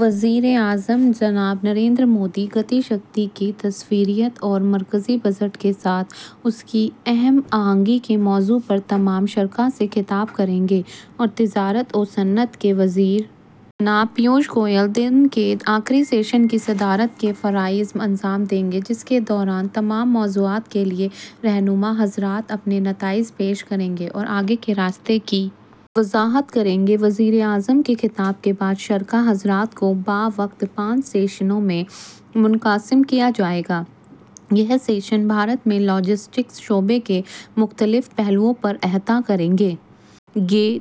وزیر اعظم جناب نریندر مودی گتی شکتی کی تصوریت اور مرکزی بجٹ کے ساتھ اس کی ہم آہنگی کے موضوع پر تمام شرکاء سے خطاب کریں گے اور تجارت و صنعت کے وزیر جناب پیوش گوئل دن کے آخری سیشن کی صدارت کے فرائض انجام دیں گے جس کے دوران تمام موضوعات کے لیے رہنما حضرات اپنے نتائج پیش کریں گے اور آگے کے راستے کی وضاحت کریں گے وزیر اعظم کے خطاب کے بعد شرکاء حضرات کو بیک وقت پانچ سیشنوں میں منقسم کیا جائے گا یہ سیشن بھارت میں لاجسٹکس شعبہ کے مختلف پہلوؤں پر احاطہ کریں گے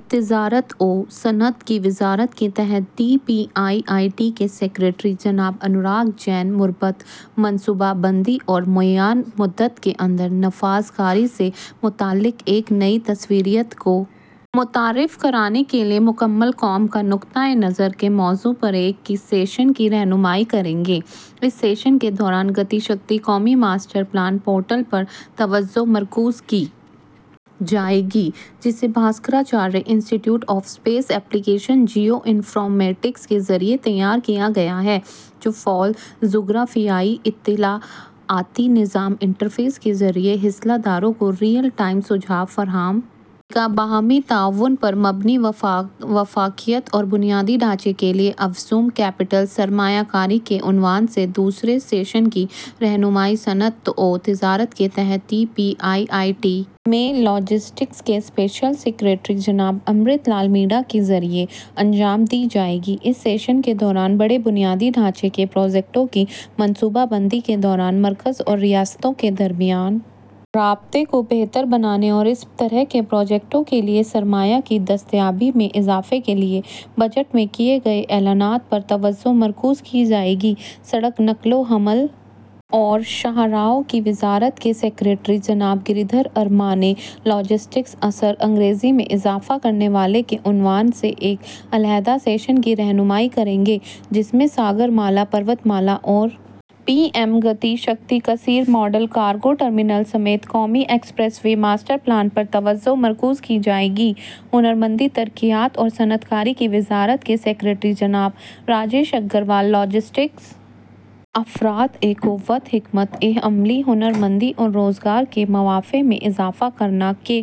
تجارت و صنعت کی وزارت کے تحت D P I I T کے سکریٹری جناب انوراگ جین مربوط منصوبہ بندی اور معینہ مدت کے اندر نفاذکاری سے متعلق ایک نئی تصوریت کو متعارف کرانے کے لیے مکمل قوم کا نقطہ نظر کے موضوع پر ایک کی سیشن کی رہنمائی کریں گے اس سیشن کے دوران گتی شکتی قومی ماسٹر پلان پورٹل پر توجہ مرکوز کی جائے گی جسے Bhaskaracharya institute of space application Jio informatics کے ذریعہ تیار کیا گیا ہے جو فعال جغرافیائی اطلاعاتی نظام انٹرفیس کے ذریعہ حصہ داروں کو رئیل ٹائم سجھاؤ فراہم کرے گا باہمی تعاون پر مبنی وفاقیت اور بنیادی ڈھانچہ کے لیے افزوں کیپٹل سرمایہ کاری کے عنوان سے دوسرے سیشن کی رہنمائی صنعت و تجارت کے تحت D P I I T میں لاجسٹکس کے اسپیشل سکریٹری جناب امرت لال مینا کے ذریعہ انجام دی جائے گی اس سیشن کے دوران بڑے بنیادی ڈھانچہ پروجیکٹوں کی منصوبہ بندی کے دوران مرکز اور ریاستوں کے درمیان رابطہ کو بہتر بنانے اور اس طرح کے پروجیکٹوں کے لیے سرمایہ کی دستیابی میں اضافہ کے لیے بجٹ میں کیے گئے اعلانات پر توجہ مرکوز کی جائے گی سڑک نقل و حمل اور شاہراہوں کی وزارت کے سکریٹری جناب گری دھر ارمانے لاجسٹکس اثر انگیزی میں اضافہ کرنے والے کے عنوان سے ایک علیحدہ سیشن کی رہنمائی کریں گے جس میں ساگرمالا پروت مالا اور پی ایم گتی شکتی کثیر ماڈل کارگو ٹرمنلس سمیت قومی ایکسپریس وے ماسٹر پلان پر توجہ مرکوز کی جائے گی ہنرمندی ترقیات اور صنعت کاری کی وزارت کے سکریٹری جناب راجیش اگروال لاجسٹکس افرادی قوت حکمت عملی ہنرمندی اور روزگار کے مواقع میں اضافہ کرنا کے